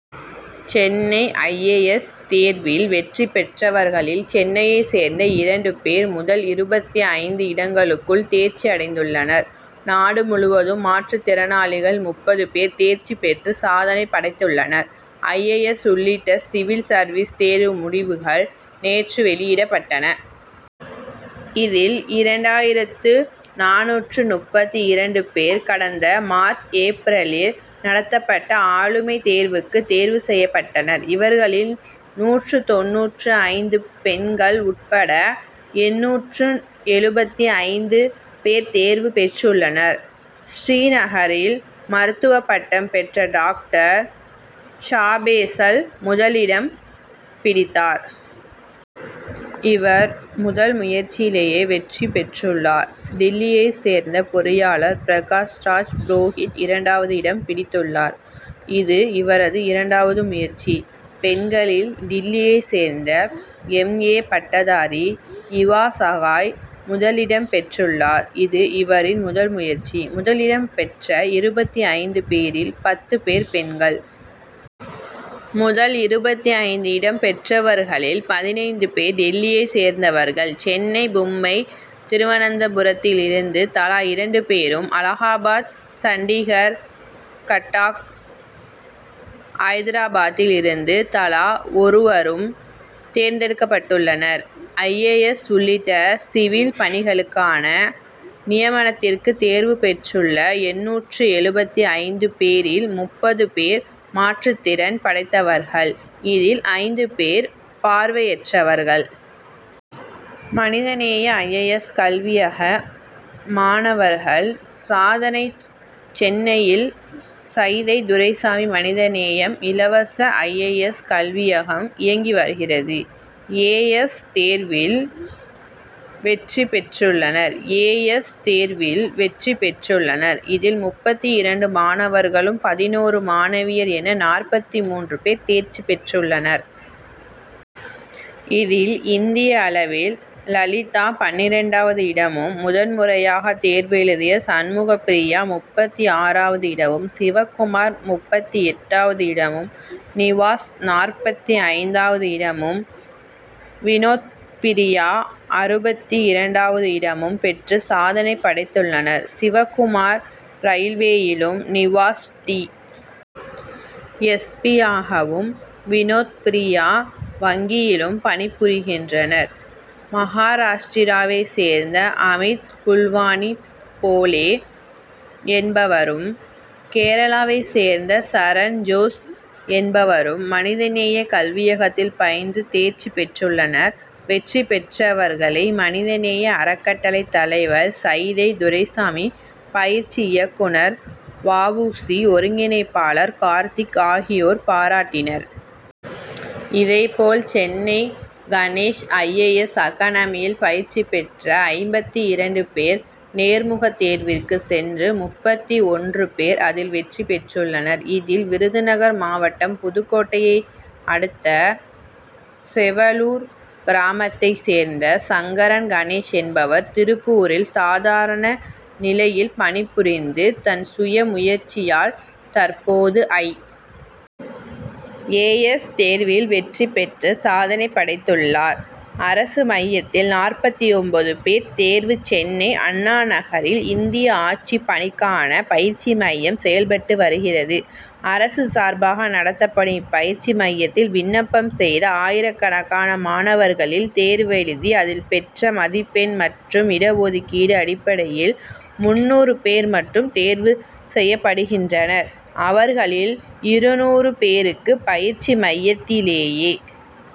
Chennai I. A. S. தேர்வில் வெற்றி பெற்றவர்களில் சென்னையைச் சேர்ந்த இரண்டு பேர் முதல் இருபத்தி ஐந்து இடங்களுக்குள் தேர்ச்சியடைந்துள்ளனர். நாடு முழுவதும் மாற்றுத் திறனாளிகள் முப்பது பேர் தேர்ச்சி பெற்று சாதனை படைத்துள்ளனர். ஐ. ஏ. எஸ். உள்ளிட்ட சிவில் சர்வீஸ் தேர்வு முடிவுகள் நேற்று வெளியிடப்பட்டன. இதில் இரண்டாயிரத்து நானூற்று முப்பத்தி இரண்டு பேர் கடந்த மார்ச் ஏப்ரலில் நடத்தப்பட்ட ஆளுமைத் தேர்வுக்கு தேர்வு செய்யப்பட்டனர். இவர்களில் நூற்று தொண்ணூற்று ஐந்து பெண்கள் உட்பட எண்ணூற்று எழுபத்தி ஐந்து பேர் தேர்வு பெற்றுள்ளனர். ஸ்ரீநகரில் மருத்துவ பட்டம் பெற்ற டாக்டர் ஷாபேசல் முதலிடம் பிடித்தார். இவர் முதல் முயற்சியிலேயே வெற்றி பெற்றுள்ளார். டில்லியைச் சேர்ந்த பொறியாளர் பிரகாஷ் ராஜ் புரோகித் இரண்டாவது இடம் பிடித்துள்ளார். இது இவரது இரண்டாவது முயற்சி. பெண்களில் டில்லியைச் சேர்ந்த எம். ஏ. பட்டதாரி இவா சகாய் முதலிடம் பெற்றுள்ளார். இது இவரின் முதல் முயற்சி. முதலிடம் பெற்ற இருபத்தி ஐந்து பேரில் பத்து பேர் பெண்கள். முதல் இருபத்தி ஐந்து இடம் பெற்றவர்களில் பதினைந்து பேர் டில்லியைச் சேர்ந்தவர்கள். சென்னை மும்பை திருவனந்தபுரத்தில் இருந்து தலா இரண்டு பேரும் அலகாபாத் சண்டிகர் கட்டாக் ஐதராபாத்தில் இருந்து தலா ஒருவரும் தேர்ந்தெடுக்கப்பட்டுள்ளனர். ஐ. ஏ. எஸ். உள்ளிட்ட சிவில் பணிகளுக்கான நியமனத்திற்கு தேர்வு பெற்றுள்ள எண்ணூற்று எழுபத்தி ஐந்து பேரில் முப்பது பேர் மாற்றுத்திறன் படைத்தவர்கள் இதில் ஐந்து பேர் பார்வையற்றவர்கள். மனித நேய ஐ. ஏ. எஸ். கல்வியக மாணவர்கள் சாதனை சென்னையில் சைதை துரைசாமியின் மனிதநேயம் இலவச ஐ. ஏ. எஸ். கல்வியகம் இயங்கி வருகிறது. ஏ. எஸ். தேர்வில் வெற்றி பெற்றுள்ளனர். ஏ. எஸ். தேர்வில் வெற்றி பெற்றுள்ளனர். இதில் முப்பத்தி இரண்டு மாணவர்களும் பதினொரு மாணவியர் என நாற்பத்தி மூன்று பேர் தேர்ச்சி பெற்றுள்ளனர். இதில் இந்திய அளவில் லலிதா பன்னிரண்டாவது இடமும் முதன் முறையாக தேர்வெழுதிய சண்முகப் பிரியா முப்பத்தி ஆறாவது இடமும் சிவகுமார் முப்பத்தி எட்டாவது இடமும் நிவாஸ் நாற்பத்தி ஐந்தாவது இடமும் வினோத்பிரியா அறுபத்தி இரண்டாவது இடமும் பெற்று சாதனை படைத்துள்ளனர். சிவகுமார் ரயில்வேயிலும் நிவாஸ் டி. எஸ். பி.யாகவும் வினோத்பிரியா வங்கியிலும் பணிபுரிகின்றனர். மகாராஷ்டிராவைச் சேர்ந்த அமித் குல்வானி போலே என்பவரும் கேரளாவைச் சேர்ந்த சரண் ஜோஸ் என்பவரும் மனித நேய கல்வியகத்தில் பயின்று தேர்ச்சி பெற்றுள்ளனர். வெற்றி பெற்றவர்களை மனித நேய அறக்கட்டளைத் தலைவர் சைதை துரைசாமி பயிற்சி இயக்குனர் வாவூசி ஒருங்கிணைப்பாளர் கார்த்திக் ஆகியோர் பாராட்டினர். இதே போல் Chennai Ganesh I. A. S. அகடமியில் பயிற்சி பெற்ற ஐம்பத்தி இரண்டு பேர் நேர்முகத் தேர்விற்கு சென்று முப்பத்தி ஒன்று பேர் அதில் வெற்றி பெற்றுள்ளனர். இதில் விருதுநகர் மாவட்டம் புதுக்கோட்டையை அடுத்த செவலூர் கிராமத்தைச் சேர்ந்த சங்கரன் கணேஷ் என்பவர் திருப்பூரில் சாதாரண நிலையில் பணி புரிந்து தன் சுய முயற்சியால் தற்போது ஐ. ஏ. எஸ். தேர்வில் வெற்றி பெற்று சாதனை படைத்துள்ளார். அரசு மையத்தில் நாற்பத்தி ஒன்பது பேர் தேர்வு சென்னை அண்ணாநகரில் இந்திய ஆட்சிப் பணிக்கான பயிற்சி மையம் செயல்பட்டு வருகிறது. அரசு சார்பாக நடத்தப்படும் இப்பயிற்சி மையத்தில் விண்ணப்பம் செய்த ஆயிரக்கணக்கான மாணவர்களில் தேர்வு எழுதி அதில் பெற்ற மதிப்பெண் மற்றும் இட ஒதுக்கீடு அடிப்படையில் முந்நூறு பேர் மட்டும் தேர்வு செய்யப்படுகின்றனர். அவர்களில் இருநூறு பேருக்கு பயிற்சி மையத்திலேயே